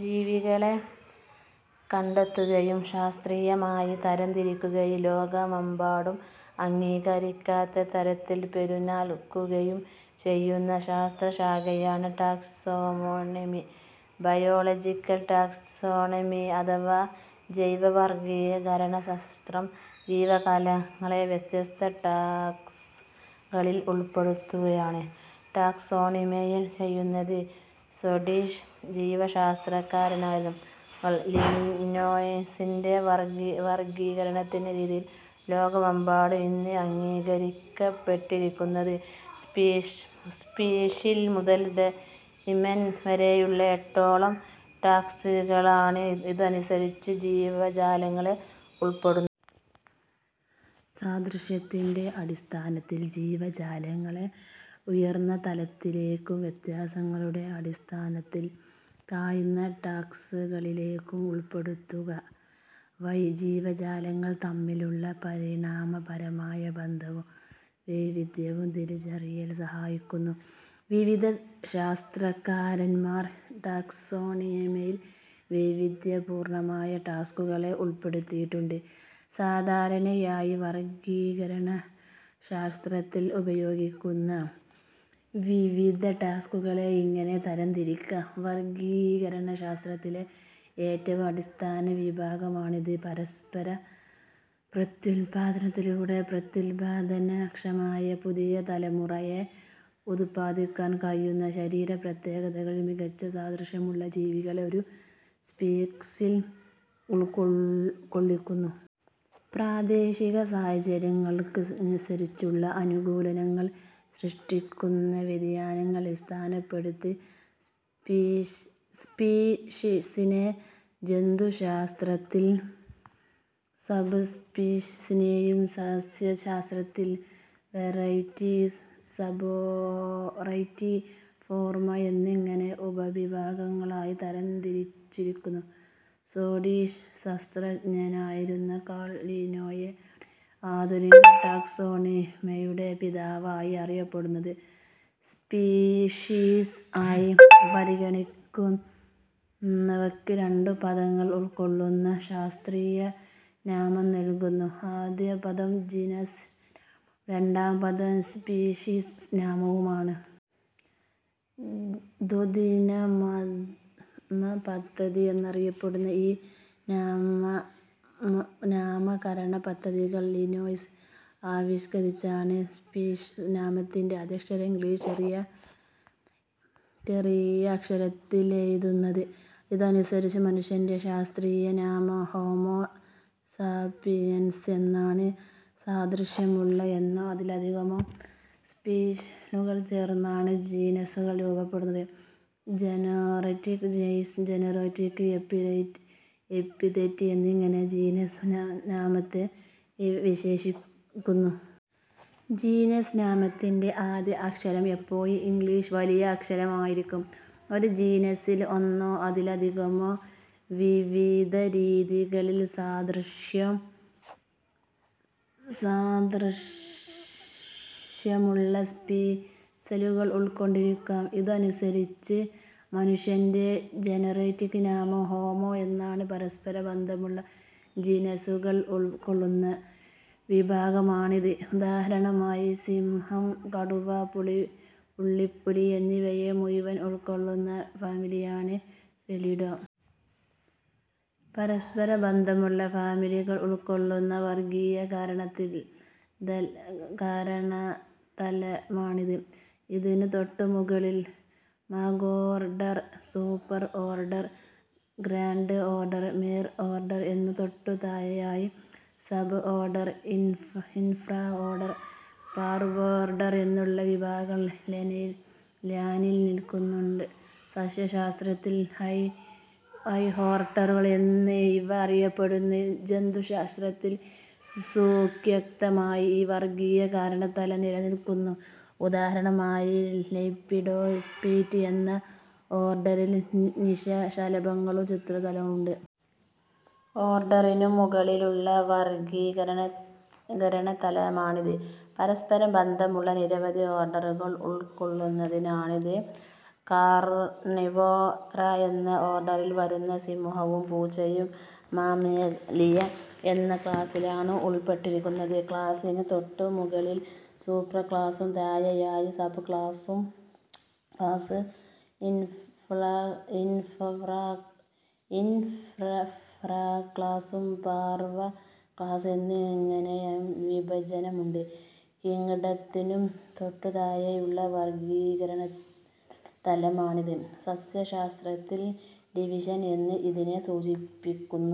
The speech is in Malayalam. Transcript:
ജീവികളെ കണ്ടെത്തുകയും ശാസ്ത്രീയമായി തരംതിരിക്കുകയും ലോകമെമ്പാടും അംഗീകരിക്കത്തക്ക തരത്തിൽ പേരുനൽകുകയും ചെയ്യുന്ന ശാസ്ത്രശാഖയാണ് ടാക്സോണമി, ബയോളജിക്കൽ ടാക്സോണമി അഥവാ ജെവവർഗ്ഗീകരണശാസ്ത്രം. ജീവാലങ്ങളെ വ്യത്യസ്ത 'ടാക്സ' കളിൽ ഉൾപ്പെടുത്തുകയാണ് ടാക്സോണമിയിൽ ചെയ്യുന്നത്. സ്വീഡിഷ് ജീവശാസ്ത്രകാരനായിരുന്ന കാൾ ലിന്നേയസിന്റെ വർഗ്ഗീകരണരീതിയാണ് ലോകമെമ്പാടും ഇന്ന് അംഗീകരിക്കപ്പെട്ടിരിക്കുന്നത്. സ്പീഷീസ് മുതൽ ഡൊമെയ്ൻ വരെയുള്ള എട്ടോളം ടാക്സകളിലാണ് ഇതനുസരിച്ച് ജീവജാലങ്ങളെ ഉൾപെടുത്തുന്നത്. സാദൃശ്യത്തിന്റെ അടിസഥാനത്തിൽ ജീവജാലങ്ങളെ ഉയർന്ന തലത്തിലേയ്ക്കും വ്യത്യാസങ്ങളുടെ അടിസ്ഥാനത്തിൽ താഴ്ന്ന ടാക്സകളിലേയ്ക്കും ഉൾപ്പെടുത്തുകവഴി ജീവജാലങ്ങൾ തമ്മിലുള്ള പരിണാമപരമായ ബന്ധവും വൈവിധ്യവും തിരിച്ചറിയാൽ സഹായിക്കുന്നു. വിവിധ ശാസ്ത്രകാരൻമാർ ടാക്സോണമിയിൽ വൈവിധ്യപൂർണ്ണമായ ടാക്സകളെ ഉൾപ്പെടുത്തിയിട്ടുണ്ട്. സാധാരണയായി വർഗ്ഗീകരണശാസ്ത്രത്തിൽ ഉപയോഗിക്കുന്ന വിവിധടാക്സകളെ ഇങ്ങനെ തരംതിരിക്കാം. വർഗ്ഗീകരണശാസ്ത്രത്തിലെ ഏറ്റവും അടിസ്ഥാനവിഭാഗമാണിത്. പരസ്പര പ്രത്യുൽപ്പാദനത്തിലൂടെ പ്രത്യുൽപ്പാദനക്ഷമമായ പുതിയ തലമുറയെ ഉത്പാദിപ്പിക്കാൻ കഴിയുന്ന, ശരീരപ്രത്യേകതകളിൽ മികച്ച സാദൃശ്യമുള്ള ജീവികളെ ഒരു സ്പീഷീസിൽ ഉൾക്കൊള്ളിക്കുന്നു. പ്രാദേശികസാഹചര്യങ്ങൾക്കനുസരിച്ചുള്ള അനുകൂലനങ്ങൾ സൃഷ്ടിക്കുന്ന വ്യതിയാനങ്ങളെ അടിസ്ഥാനപ്പെടുത്തി സ്പീഷീസിനെ ജന്തുശാസ്ത്രത്തിൽ സബ് സ്പീഷീസെന്നും സസ്യശാസ്ത്രത്തിൽ വെറൈറ്റി, സബ്വെറൈറ്റി, ഫോർമേ എന്നിങ്ങനെ ഉപവിഭാഗങ്ങളായി തരംതിരിച്ചിരിക്കുന്നു. സ്വീഡിഷ് സസ്യശാസ്ത്രജ്ഞനായിരുന്ന കാൾ ലിനേയസ് ആണ് ആധുനിക ടാക്സോണമിയുടെ പിതാവായി അറിയപ്പെടുന്നത്. സ്പീഷീസ് ആയി പരിഗണിക്കപ്പെടുന്നവയ്ക്ക് രണ്ടുപദങ്ങൾ ഉൾക്കൊള്ളുന്ന ശാസ്ത്രീയനാമം നൽകുന്നു. ആദ്യപദം ജീനസ് നാമവും രണ്ടാം പദം സ്പീഷീഷ് നാമവുമാണ്. ദ്വിനാമപദ്ധതി എന്നറിയപ്പടുന്ന ഈ നാമകരണപദ്ധതി കാൾ ലിനേയസ് ആവിഷ്കരിച്ചതാണ്. സ്പീഷീസ് നാമത്തിന്റെ ആദ്യക്ഷരം ഇംഗ്ലീഷ് ചെറിയ അക്ഷരത്തിലാണെഴുതുന്നത്. ഇതനുസരിച്ച് മനുഷ്യന്റെ ശാസ്ത്രീയനാമം ഹോമോ സാപിയൻസ് എന്നാണ്. സാദൃശ്യമുള്ള ഒന്നോ അതിലധികമോ സ്പീഷീസുകൾ ചേർന്നാണ് ജീനസ്സുകൾ രൂപ്പെടുന്നത്. ജനേറിക് നെയിം, ജനേറിക് എപ്പിതെറ്റ് എന്നിങ്ങനെ ജീനസ് നാമത്തെ വിവക്ഷിക്കുന്നു. ജീനസ് നാമത്തിന്റെ ആദ്യ അക്ഷരം എപ്പോഴും ഇംഗ്ളീഷ് വലിയ അക്ഷരമായിരിക്കും. ഒരു ജീനസ്സിൽ ഒന്നോ അതിലധികമോ വിവിധരീതികളിൽ സാദൃശ്യമുള്ള സ്പീഷീസുകൾ ഉൾക്കൊണ്ടിരിക്കാം. ഇതനുസരിച്ച് മനുഷ്യന്റെ ജനേറിക് നാമം ഹോമോ എന്നാണ്. പരസ്പരബന്ധമുള്ള ജീനസ്സുകൾ ഉൾക്കൊള്ളുന്ന വിഭാഗമാണിത്. ഉദാഹരണമായി സിംഹം, കടുവ, പുള്ളിപ്പുലി എന്നിവയെ മുഴുവൻ ഉൾക്കൊള്ളുന്ന ഫാമിലിയാണ് ഫെലിഡേ. പരസ്പരബന്ധമുള്ള ഫാമിലികൾ ഉൾക്കൊള്ളുന്ന വർഗ്ഗീകരണതലമാണിത്. ഇതിനുതൊട്ടുമുകളിൽ magnorder, superorder, grandorder, mirorder എന്നും തൊട്ടുതാഴെയായി സബ്ഓർഡർ, ഇൻഫ്രാഓർഡർ, പാർവോർഡർ എന്നുമുള്ള വിഭാഗങ്ങൾ ലനിൽക്കുന്നുണ്ട്. സസ്യശാസ്ത്രത്തിൽ കൊഹോർട്ടുൾ എന്ന് ഇവ അറിയപ്പെട്ടിരുന്നു. ജന്തുശാസ്ത്രത്തിൽ സുവ്യക്തമായി ഈ വർഗ്ഗീകരണതലം നിലനിൽക്കുന്നു. ഉദാഹരണമായി ലെപ്പിഡോപ്റ്റീറ എന്ന ഓർഡറിൽ നിശാശലഭങ്ങളും ചിത്രശലഭങ്ങളും ഉണ്ട്. ഓർഡറിനും മുകളിലുള്ള വർഗ്ഗീകരണതലമാണിത്. പരസ്പരബന്ധമുള്ള നിരവധി ഓർഡറുകൾ ഉൾക്കൊള്ളുന്നതാണിത്. കാർണിവോറ എന്ന ഓർഡറിൽ വരുന്ന സിംഹവും പൂച്ചയും മമേലിയ എന്ന ക്ലാസ്സിലാണ് ഉൾപ്പെട്ടിരിക്കുന്നത്. ക്ലാസ്സിന് തൊട്ടുമുകളിൽ സൂപ്പർക്ലാസ്സും താഴെയായി സബ്ക്ലാസ്സ്, ഇൻഫ്രാക്ലാസ്സ്, പാർവ് ക്ലാസ്സ് എന്നിങ്ങനെയും വിഭജനമുണ്ട്. കിംങ്ഡത്തിനു തൊട്ടുതാഴെയുള്ള വർഗ്ഗീകരണതലമാണിത്. സസ്യശാസ്ത്രത്തിൽ ഡിവിഷൻ എന്ന് ഇതിനെ സൂചിപ്പിക്കുന്നു.